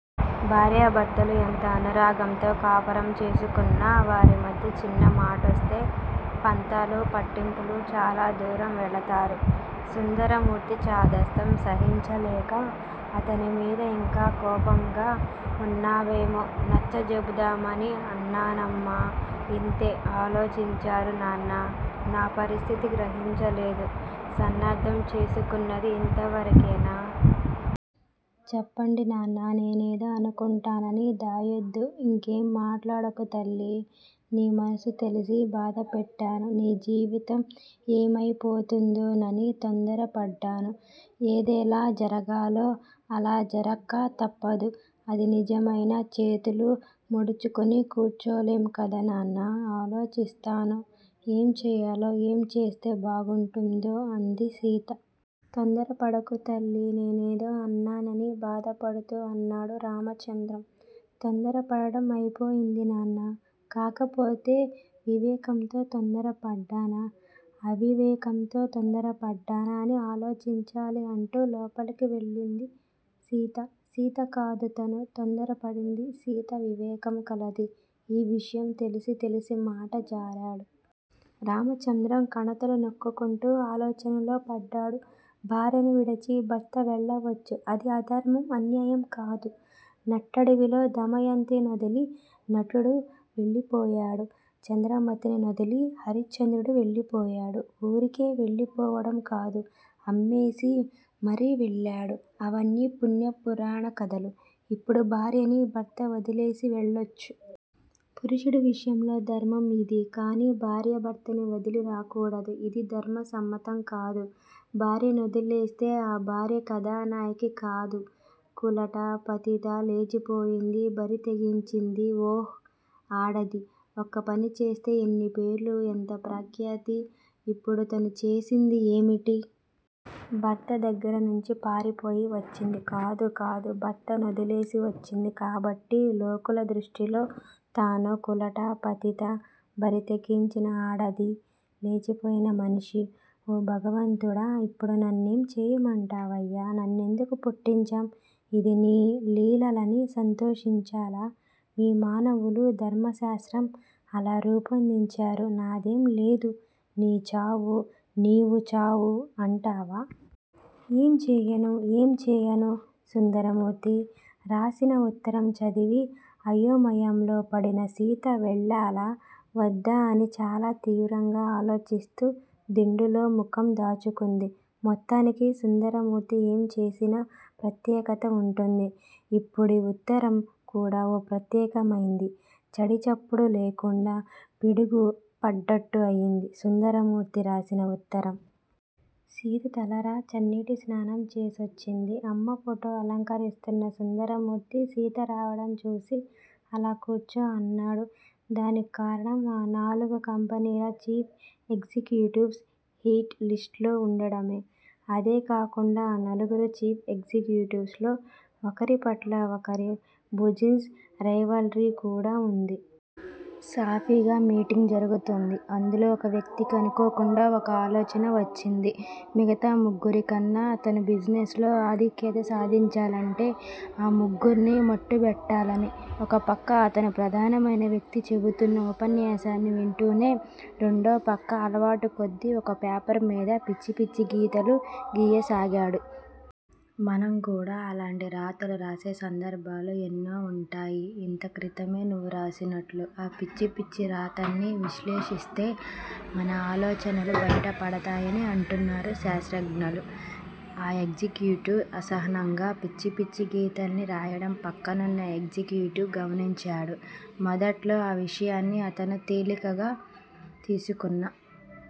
భార్య భర్తలు ఎంత అనురాగంతో కాపురం చేసుకుంటున్నా వారి మధ్య చిన్న మాటొస్తే పంతాలు పట్టింపులు, చాలా దూరం వెళతారు. సుందరమూర్తి చాదస్తం సహించలేక అతని మీద ఇంకా కోపంగా వున్నావేమో నచ్చచెబుదామని అన్నానమ్మా ఇంతే ఆలోచించారు నాన్నా! నా పరిస్థితి గ్రహించ లేదు, నన్నర్ధం చేసుకున్నది ఇంతవరకేనా? చెప్పండి నాన్నా! నేనేదో అనుకుంటానని దాయోద్దు. ఇంకేం మాట్లాడకు తల్లి! నీ మనసు తెలిసి బాధపెట్టాను. నీ జీవితం ఏమయిపోతుందోనని తొందర పడ్డాను. ఏదెలా జరగాలో అలా జరక్క తప్పదు. అది నిజమైనా చేతులు ముడుచుకు కూర్చోలేం కదా నాన్నా? ఆలోచిస్తాను ఏం చేయాలో ఏం చేస్తే బాగుంటుందో అంది సీత. తొందరపడకు తల్లి! నేనేదో అన్నానని బాధపడుతూ అన్నాడు రామచంద్రం. తొందర పడటం అయిపోయింది నాన్నా! కాకపోతే వివేకంతో తొందరపడ్డానా! అవివేకంతో తొందర పడ్డానా? అని ఆలోచించాలి అంటూ లోపలికెళ్ళింది సీత. సీత కాదు తనూ తొందర పడింది. సీత వివేకం కలది. ఈ విషయం తెలిసి తెలిసి మాట జారాడు. రామచంద్రం కణతలు నొక్కుకుంటూ ఆలోచనలో పడ్డాడు. భార్యని విడిచి భర్త వెళ్ళవచ్చు. అది అధర్మం, అన్యాయం కాదు. నట్టడివిలో దమయంతినొదిలి నలుడు వెళ్ళిపోయాడు. చంద్రమతిని నొదిలి హరిశ్చంద్రుడు వెళ్ళిపోయాడు. ఊరికే వెళ్ళిపోవటం కాదు, అమ్మేసి మరీ వెళ్ళాడు. అవన్నీ పుణ్య పురాణ కధలు. ఇప్పుడు భార్యని భర్త వదిలేసి వెళ్ళొచ్చు. పురుషుడి విషయంలో ధర్మంయిది. కానీ భార్య భర్తని వదలి రాకూడదు. ఇది ధర్మ సమ్మతం కాదు. భార్య నొదిలేస్తే ఆ భార్య కధానాయిక కాదు కులట, పతిత, లేచిపోయింది, బరితెగించింది ఓహ్! ఆడది ఒక్కపని చేస్తే ఎన్ని పేర్లు ఎంత ప్రఖ్యాతి ఇప్పుడు తను చేసింది ఏమిటి? భర్త దగ్గిరనుంచి పారిపోయి వచ్చింది. కాదు కాదు భర్త నొదిలేసి వచ్చింది, కాబట్టి లోకుల దృష్టిలో తానో కులట, పతిత, బరితెగించిన ఆడది, లేచిపోయిన మనిషి. ఓ భగవంతుడా! ఇప్పుడు నన్నేం చేయమంటావయ్యా? నన్నెందుకు పుట్టించావ్, ఇది నీ లీలలని సంతోషించాలా? మీ మానవులు ధర్మ శాస్రం అలా రూపొందించారు నాదేం లేదు నీ చావు నీవు చావు అంటావా! ఏం చేయను? ఏం చేయను? సుందరమూర్తి రాశిన ఉత్తరం చదివి అయోమయంలో పడిన సీత వెళ్ళాలా! వద్దా అని చాలా తీవ్రంగా ఆలోచిస్తూ దిండులో ముఖం దాచుకుంది. మొత్తానికి సుందరమూర్తి ఏం చేసినా ప్రత్యేకత వుంటుంది. ఇప్పుడి ఉత్తరం కూడా ఓ ప్రత్యేకమైందే. చడిచప్పుడు లేకుండా పిడుగు పడ్డట్టు అయింది సుందరమూర్తి రాసిన ఉత్తరం. సీత తలరా చన్నీటి స్నానం చేసోచ్చింది. అమ్మ ఫోటో అలంకరిస్తున్న సుందరమూర్తి సీత రావటం చూసి అలా కూర్చో అన్నాడు. దానిక్కారణం ఆ నాలుగు కంపెనీల చీఫ్ ఎగ్జిక్యూటివ్స్ హిట్ లిస్టు లో వుండడమే. అదే కాకుండా ఆ నలుగురు చీఫ్ ఎగ్జిక్యూటివ్స్ లో ఒకరిపట్ల ఒకరికి బుజిన్స్ రైవల్రీ కూడా వుంది. సాఫీగా మీటింగ్ జరుగుతోంది. అందులో ఒక వ్యక్తికీ అనుకోకుండా ఒక ఆలోచన వచ్చింది. మిగతా ముగ్గురి కన్నా తను బిజినెస్ లో ఆధిక్యత సాదించాలంటే ఆ ముగ్గుర్నీ మట్టుబెట్టాలని. ఒక పక్క అతను ప్రధానమైన వ్యక్తి చెబుతున్న ఉపన్యాసాన్ని వింటూనే, రేండో పక్కన అలవాటుకొద్దీ ఒక పేపర్ మీద పిచ్చి పిచ్చి గీతాలు గీయసాగాడు. మనం కూడా అలాంటి రాతలు రాసే సందర్భాలు ఎన్నో వుంటాయి. ఇంత క్రితమే నువ్వు రాసినట్లు. ఆ పిచ్చి పిచ్చి రాతల్ని విశ్లేషిస్తే మన ఆలోచనలు బయటపడతాయని అంటున్నారు శాశ్రజ్ఞలు. ఆ ఎగ్జిక్యూటివ్ అసహనంగా పిచ్చి పిచ్చి గీతాల్ని రాయడం పక్కనున్న ఎగ్జిక్యూటివ్ గమనించాడు. మొదట్లో ఆ విషయాన్ని అతను తీలికగా తీసుకున్నా